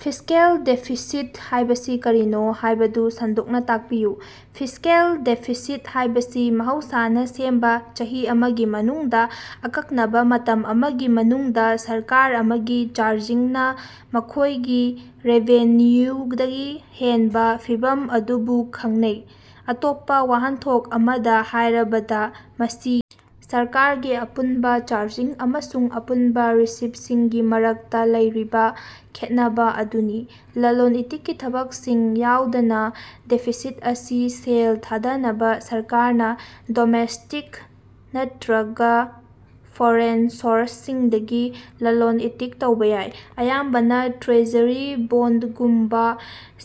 Fiscal deficit ꯍꯥꯏꯕꯁꯤ ꯀꯔꯤꯅꯣ ꯍꯥꯏꯕꯗꯨ ꯁꯟꯗꯣꯛꯅꯥ ꯇꯥꯛꯄꯤꯌꯨ꯫ ꯐꯤꯁꯀꯦꯜ ꯗꯦꯐꯤꯁꯤꯠ ꯍꯥꯏꯕꯁꯤ ꯃꯍꯧꯁꯥꯅꯥ ꯁꯦꯝꯕꯥ ꯆꯍꯤ ꯑꯃꯒꯤ ꯃꯅꯨꯡꯗꯥ ꯑꯀꯛꯅꯕꯥ ꯃꯇꯝ ꯑꯃꯒꯤ ꯃꯅꯨꯡꯗꯥ ꯁꯔꯀꯥꯔ ꯑꯃꯒꯤ ꯆꯥꯔꯖꯤꯡꯅꯥ ꯃꯈꯣꯢꯒꯤ ꯔꯦꯚꯦꯅꯌꯨꯗꯒꯤ ꯍꯦꯟꯕꯥ ꯐꯤꯚꯝ ꯑꯗꯨꯕꯨ ꯈꯪꯅꯩ꯫ ꯑꯇꯣꯞꯄꯥ ꯋꯥꯍꯟꯊꯣꯛ ꯑꯃꯗꯥ ꯍꯥꯏꯔꯕꯗꯥ, ꯃꯁꯤ ꯁꯔꯀꯥꯔꯒꯤ ꯑꯄꯨꯟꯕꯥ ꯆꯥꯔꯖꯤꯡ ꯑꯃꯁꯨꯡ ꯑꯄꯨꯟꯕꯥ ꯔꯤꯁꯤꯞꯁꯤꯡꯒꯤ ꯃꯔꯛꯇꯥ ꯂꯩꯔꯤꯕꯥ ꯈꯦꯠꯅꯕꯥ ꯑꯗꯨꯅꯤ, ꯂꯂꯣꯟ-ꯏꯇꯤꯛꯀꯤ ꯊꯕꯛꯁꯤꯡ ꯌꯥꯎꯗꯅꯥ꯫ ꯗꯦꯐꯤꯁꯤꯠ ꯑꯁꯤ ꯁꯦꯜ ꯊꯥꯗꯅꯕꯥ ꯁꯔꯀꯥꯔꯅꯥ ꯗꯣꯃꯦꯁꯇꯤꯛ ꯅꯠꯇ꯭ꯔꯒꯥ ꯐꯣꯔꯦꯟ ꯁꯣꯔꯁꯁꯤꯡꯗꯒꯤ ꯂꯂꯣꯟ-ꯏꯇꯤꯛ ꯇꯧꯕꯥ ꯌꯥꯏ, ꯑꯌꯥꯝꯕꯅꯥ ꯇ꯭ꯔꯦꯖꯔꯤ ꯕꯣꯟꯗꯒꯨꯝꯕꯥ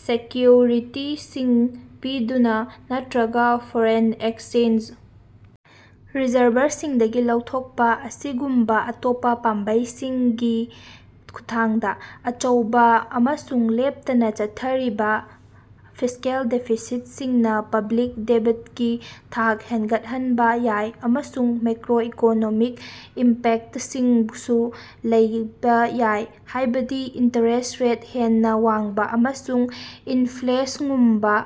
ꯁꯦꯀꯌꯨꯔꯤꯇꯤꯁꯤꯡ ꯄꯤꯗꯨꯅꯥ ꯅꯠꯇ꯭ꯔꯒꯥ ꯐꯣꯔꯦꯟ ꯑꯦꯛꯆꯦꯟꯖ ꯔꯤꯖꯔꯚꯔꯁꯤꯡꯗꯒꯤ ꯂꯧꯊꯣꯛꯄꯥ ꯑꯁꯤꯒꯨꯝꯕꯥ ꯑꯇꯣꯞꯄꯥ ꯄꯥꯝꯕꯩꯁꯤꯡꯒꯤ ꯈꯨꯠꯊꯥꯡꯗꯥ꯫ ꯑꯆꯧꯕꯥ ꯑꯃꯁꯨꯡ ꯂꯦꯞꯇꯅꯥ ꯆꯠꯊꯔꯤꯕꯥ ꯐꯤꯁꯀꯦꯜ ꯗꯦꯐꯤꯁꯤꯠꯁꯤꯡꯅꯥ ꯄꯕ꯭ꯂꯤꯛ ꯗꯦꯕꯠꯀꯤ ꯊꯥꯛ ꯍꯦꯒꯠꯍꯟꯕꯥ ꯌꯥꯏ ꯑꯃꯁꯨꯡ ꯃꯦꯀꯔꯣ-ꯏꯀꯣꯅꯣꯃꯤꯛ ꯏꯝꯄꯦꯛꯇꯁꯤꯡꯁꯨ ꯂꯩꯕꯥ ꯌꯥꯏ, ꯍꯥꯏꯕꯗꯤ ꯏꯟꯇꯔꯦꯁ ꯔꯦꯠ ꯍꯦꯟꯅꯥ ꯋꯥꯡꯕꯥ ꯑꯃꯁꯨꯡ ꯏꯟꯐ꯭ꯂꯦꯁꯉꯨꯝꯕꯥ꯫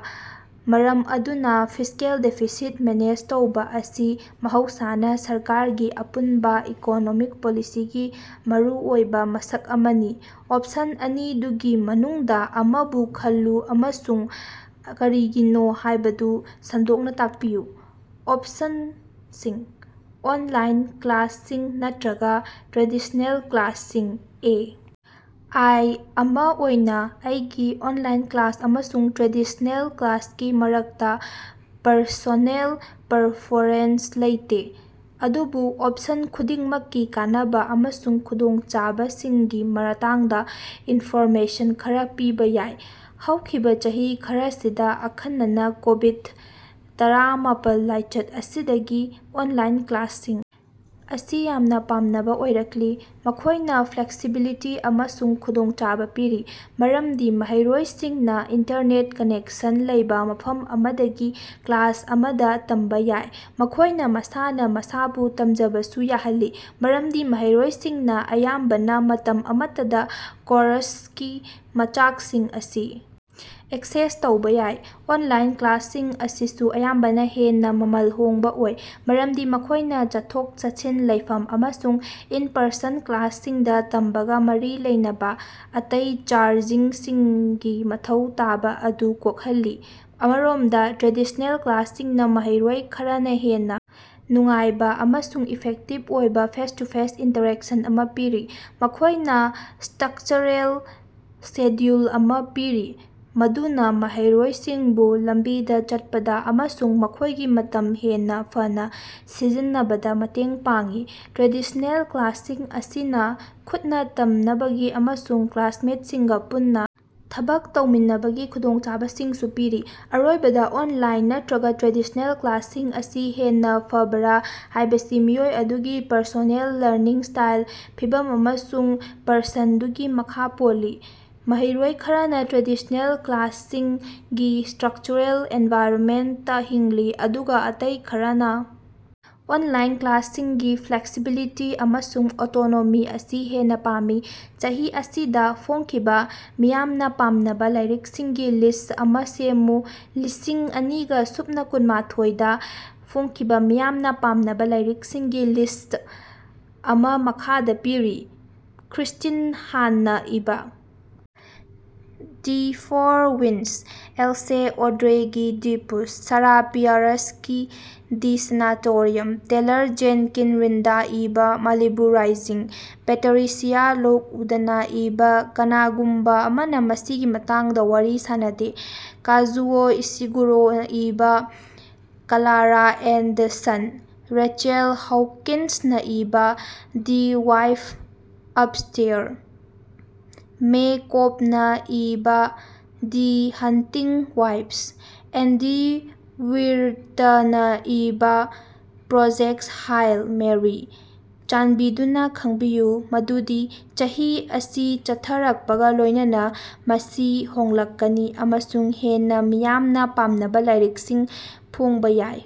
ꯃꯔꯝ ꯑꯗꯨꯅꯥ ꯐꯤꯁꯀꯦꯜ ꯗꯦꯐꯤꯁꯤꯠ ꯃꯦꯅꯦꯖ ꯇꯧꯕꯥ ꯑꯁꯤ ꯃꯍꯧꯁꯥꯅꯥ ꯁꯔꯀꯥꯔꯒꯤ ꯑꯄꯨꯟꯕꯥ ꯏꯀꯣꯅꯣꯃꯤꯛ ꯄꯣꯂꯤꯁꯤꯒꯤ ꯃꯔꯨꯑꯣꯏꯕꯥ ꯃꯁꯛ ꯑꯃꯅꯤ꯫ ꯑꯣꯞꯁꯟ ꯑꯅꯤꯗꯨꯒꯤ ꯃꯅꯨꯡꯗꯥ ꯑꯃꯕꯨ ꯈꯜꯂꯨ ꯑꯃꯁꯨꯡ ꯀꯔꯤꯒꯤꯅꯣ ꯍꯥꯏꯕꯗꯨ ꯁꯟꯗꯣꯛꯅꯥ ꯇꯥꯛꯄꯤꯌꯨ꯫ ꯑꯣꯄꯁꯟꯁꯤꯡ ꯑꯣꯟꯂꯥꯏꯟ ꯀ꯭ꯂꯥꯁꯁꯤꯡ ꯅꯠꯇ꯭ꯔꯒꯥ ꯇ꯭ꯔꯦꯗꯤꯁꯅꯦꯜ ꯀ꯭ꯂꯥꯁꯁꯤꯡ꯫ A I. ꯑꯃꯥ ꯑꯣꯏꯅꯥ ꯑꯩꯒꯤ ꯑꯣꯟꯂꯥꯏꯟ ꯀ꯭ꯂꯥꯁ ꯑꯃꯁꯨꯡ ꯇ꯭ꯔꯦꯗꯤꯁ꯭ꯅꯦꯜ ꯀ꯭ꯂꯥꯁꯀꯤ ꯃꯔꯛꯇꯥ ꯄꯔꯁꯣꯅꯦꯜ ꯄꯔꯐꯣꯔꯦꯟꯁ ꯂꯩꯇꯦ, ꯑꯗꯨꯕꯨ ꯑꯣꯞꯁꯟ ꯈꯨꯗꯤꯡꯃꯛꯀꯤ ꯀꯥꯟꯅꯕꯥ ꯑꯃꯁꯨꯡ ꯈꯨꯗꯣꯡꯆꯥꯗꯕꯁꯤꯡꯒꯤ ꯃꯇꯥꯡꯗꯥ ꯏꯟꯐꯣꯔꯃꯦꯁꯟ ꯈꯔꯥ ꯄꯤꯕꯥ ꯌꯥꯏ꯫ ꯍꯧꯈꯤꯕꯥ ꯆꯍꯤ ꯈꯔꯁꯤꯗꯥ ꯑꯈꯟꯅꯅꯥ ꯀꯣꯕꯤꯠ-ꯇꯔꯥꯃꯥꯄꯜ ꯂꯥꯏꯆꯠ ꯑꯁꯤꯗꯒꯤ ꯑꯣꯟꯂꯥꯏꯟ ꯀ꯭ꯂꯥꯁꯁꯤꯡ ꯑꯁꯤ ꯌꯥꯝꯅꯥ ꯄꯥꯝꯅꯕꯥ ꯑꯣꯏꯔꯛꯂꯤ꯫ ꯃꯈꯣꯌꯅꯥ ꯐ꯭ꯂꯦꯛꯁꯤꯕꯤꯂꯤꯇꯤ ꯑꯃꯁꯨꯡ ꯈꯨꯗꯣꯡꯆꯥꯕꯥ ꯄꯤꯔꯤ, ꯃꯔꯝꯗꯤ ꯃꯍꯩꯔꯣꯏꯁꯤꯡꯅꯥ ꯏꯟꯇꯔꯅꯦꯠ ꯀꯅꯦꯛꯁꯟ ꯂꯩꯕꯥ ꯃꯐꯝ ꯑꯃꯗꯒꯤ ꯀ꯭ꯂꯥꯁ ꯑꯃꯗꯥ ꯇꯝꯕꯥ ꯌꯥꯏ꯫ ꯃꯈꯣꯏꯅꯥ ꯃꯁꯥꯅꯥ ꯃꯁꯥꯕꯨ ꯇꯝꯖꯕꯁꯨ ꯌꯥꯍꯜꯂꯤ, ꯃꯔꯝꯗꯤ ꯃꯍꯩꯔꯣꯏꯁꯤꯡꯅꯥ ꯑꯌꯥꯝꯕꯅꯥ ꯃꯇꯝ ꯑꯃꯠꯇꯗꯥ ꯀꯣꯔꯁꯀꯤ ꯃꯆꯥꯛꯁꯤꯡ ꯑꯁꯤ ꯑꯦꯛꯁꯦꯁ ꯇꯧꯕꯥ ꯌꯥꯏ꯫ ꯑꯣꯟꯂꯥꯏꯟ ꯀ꯭ꯂꯥꯁꯁꯤꯡ ꯑꯁꯤꯁꯨ ꯑꯌꯥꯝꯕꯅꯥ ꯍꯦꯟꯅꯥ ꯃꯃꯜ ꯍꯣꯡꯕꯥ ꯑꯣꯏ, ꯃꯔꯝꯗꯤ ꯃꯈꯣꯏꯅꯥ ꯆꯠꯊꯣꯛ-ꯆꯠꯁꯤꯟ, ꯂꯩꯐꯝ ꯑꯃꯁꯨꯡ ꯏꯟ-ꯄꯔꯁꯟ ꯀ꯭ꯂꯥꯁꯁꯤꯡꯗꯥ ꯇꯝꯕꯒꯥ ꯃꯔꯤ ꯂꯩꯅꯕꯥ ꯑꯇꯩ ꯆꯥꯔꯖꯤꯡꯁꯤꯡꯒꯤ ꯃꯊꯧ ꯇꯥꯕꯥ ꯑꯗꯨ ꯀꯣꯛꯍꯜꯂꯤ꯫ ꯑꯃꯔꯣꯝꯗꯥ, ꯇ꯭ꯔꯦꯗꯤꯁ꯭ꯅꯦꯜ ꯀ꯭ꯂꯥꯁꯁꯤꯡꯅꯥ ꯃꯍꯩꯔꯣꯏ ꯈꯔꯅꯥ ꯍꯦꯟꯅꯥ ꯅꯨꯡꯉꯥꯏꯕꯥ ꯑꯃꯁꯨꯡ ꯏꯐꯦꯛꯇꯤꯞ ꯑꯣꯏꯕꯥ ꯐꯦꯁ-ꯇꯨ-ꯐꯦꯁ ꯏꯟꯇꯔꯦꯛꯁꯟ ꯑꯃꯥ ꯄꯤꯔꯤ꯫ ꯃꯈꯣꯏꯅꯥ ꯁ꯭ꯇꯔꯛꯆꯔꯦꯜ ꯁꯦꯗ꯭ꯌꯨꯜ ꯑꯃꯁꯨ ꯄꯤꯔꯤ, ꯃꯗꯨꯅꯥ ꯃꯍꯩꯔꯣꯏꯁꯤꯡꯕꯨ ꯂꯝꯕꯤꯗꯥ ꯆꯠꯄꯗꯥ ꯑꯃꯁꯨꯡ ꯃꯈꯣꯏꯒꯤ ꯃꯇꯝ ꯍꯦꯟꯅꯥ ꯐꯅꯥ ꯁꯤꯖꯤꯟꯅꯕꯗꯥ ꯃꯇꯦꯡ ꯄꯥꯡꯏ꯫ ꯇ꯭ꯔꯦꯗꯤꯁꯅꯦꯜ ꯀ꯭ꯂꯥꯁꯁꯤꯡ ꯑꯁꯤꯅꯥ ꯈꯨꯠꯅꯥ ꯇꯝꯅꯕꯒꯤ ꯑꯃꯁꯨꯡ ꯀ꯭ꯂꯥꯁꯃꯦꯠꯁꯤꯡꯒꯥ ꯄꯨꯟꯅꯥ ꯊꯕꯛ ꯇꯧꯃꯤꯟꯅꯕꯒꯤ ꯈꯨꯗꯣꯡꯆꯥꯕꯁꯤꯡꯁꯨ ꯄꯤꯔꯤ꯫ ꯑꯔꯣꯏꯕꯗꯥ, ꯑꯣꯅꯂꯥꯏꯟ ꯅꯠꯇꯔꯒꯥ ꯇ꯭ꯔꯦꯗꯤꯁꯅꯦꯜ ꯀ꯭ꯂꯥꯁꯁꯤꯡ ꯑꯁꯤ ꯍꯦꯟꯅꯥ ꯐꯕꯔꯥ ꯍꯥꯏꯕꯁꯤ ꯃꯤꯑꯣꯏ ꯑꯗꯨꯒꯤ ꯄꯔꯁꯣꯅꯦꯜ ꯂꯔꯅꯤꯡ ꯁ꯭ꯇꯥꯏꯜ, ꯐꯤꯚꯝ ꯑꯃꯁꯨꯡ ꯄꯔꯁꯟꯗꯨꯒꯤ ꯃꯈꯥ ꯄꯣꯜꯂꯤ꯫ ꯃꯍꯩꯔꯣꯏ ꯈꯔꯅꯥ ꯇ꯭ꯔꯦꯗꯤꯁ꯭ꯅꯦꯜ ꯀ꯭ꯂꯥꯁꯁꯤꯡꯒꯤ ꯁ꯭ꯠꯔꯛꯆꯔꯦꯜ ꯑꯦꯟꯚꯥꯏꯔꯟꯃꯦꯟꯇꯇꯥ ꯍꯤꯡꯂꯤ, ꯑꯗꯨꯒꯥ ꯑꯇꯩ ꯈꯔꯅꯥ ꯑꯣꯟꯂꯥꯏꯟ ꯀ꯭ꯂꯥꯁꯁꯤꯡꯒꯤ ꯐ꯭ꯂꯦꯛꯁꯤꯕꯤꯂꯤꯇꯤ ꯑꯃꯁꯨꯡ ꯑꯣꯇꯣꯅꯣꯃꯤ ꯑꯁꯤ ꯍꯦꯟꯅꯥ ꯄꯥꯝꯃꯤ꯫ ꯆꯍꯤ ꯑꯁꯤꯗꯥ ꯐꯣꯡꯈꯤꯕꯥ ꯃꯤꯌꯥꯝꯅꯥ ꯄꯥꯝꯅꯕꯥ ꯂꯥꯏꯔꯤꯀꯁꯤꯡꯒꯤ ꯂꯤꯁ꯭ꯠ ꯑꯃꯥ ꯁꯦꯝꯃꯨ꯫ ꯂꯤꯁꯤꯡ ꯑꯅꯤꯒ ꯁꯨꯞꯅ ꯀꯨꯟꯃꯥꯊꯣꯏ ꯗꯥ ꯐꯣꯡꯈꯤꯕꯥ ꯃꯤꯌꯥꯝꯅꯥ ꯄꯥꯝꯅꯕꯥ ꯂꯥꯏꯔꯤꯛꯁꯤꯡꯒꯤ ꯂꯤꯁ꯭ꯠ ꯑꯃꯥ ꯃꯈꯥꯗꯥ ꯄꯤꯔꯤ ꯀ꯭ꯔꯤꯁꯇꯤꯟ ꯍꯥꯟꯅꯥ ꯏꯕꯥ "The Four Winds" Ashley Audrain ꯒꯤ"ꯗꯤ ꯄꯨꯁ" ꯁꯥꯔꯥ ꯄꯤꯌꯥꯔꯁꯀꯤ "ꯗꯤ ꯁꯦꯅꯥꯇꯣꯔꯤꯌꯝ" ꯇꯦꯂꯔ ꯖꯦꯅꯀꯤꯟ ꯔꯤꯟꯗ ꯏꯕꯥ "ꯃꯥꯂꯤꯕꯨ ꯔꯥꯏꯖꯤꯡ"꯫ ꯄꯦꯇꯔꯤꯁꯤꯌꯥ ꯂꯣꯀꯎꯗꯅꯥ ꯏꯕꯥ "ꯀꯅꯥꯒꯨꯝꯕꯥ ꯑꯃꯅꯥ ꯃꯁꯤꯒꯤ ꯃꯇꯥꯡꯗꯥ ꯋꯥꯔꯤ ꯁꯥꯅꯗꯦ" ꯀꯥꯖꯨꯑꯣ ꯏꯁꯤꯒꯨꯔꯣꯅꯥ ꯏꯕꯥ "Klara and the Sun" Rachel ꯍꯧꯀꯤꯟꯁꯅꯥ ꯏꯕꯥ "ꯗ ꯋꯥꯏꯐ ꯑꯞꯁ꯭ꯇꯦꯌꯥꯔ" ꯃꯦ ꯀꯣꯕꯅꯥ ꯏꯕꯥ "ꯗꯤ ꯍꯟꯇꯤꯡ ꯋꯥꯏꯐꯁ" ꯑꯦꯟꯗꯤ ꯋꯤꯔꯇꯅ ꯏꯕ "ꯄ꯭ꯔꯣꯖꯦꯛꯇ ꯍꯥꯏꯜ ꯃꯦꯔꯤ꯫ ꯆꯥꯟꯕꯤꯗꯨꯅꯥ ꯈꯪꯕꯤꯌꯨ ꯃꯗꯨꯗꯤ ꯆꯍꯤ ꯑꯁꯤ ꯆꯠꯊꯔꯛꯄꯒꯥ ꯂꯣꯏꯅꯅꯥ ꯃꯁꯤ ꯍꯣꯡꯂꯛꯀꯅꯤ ꯑꯃꯁꯨꯡ ꯍꯦꯟꯅꯥ ꯃꯤꯌꯥꯝꯅꯥ ꯄꯥꯝꯅꯕꯥ ꯂꯥꯏꯔꯤꯛꯁꯤꯡ ꯐꯣꯡꯕꯥ ꯌꯥꯏ꯫।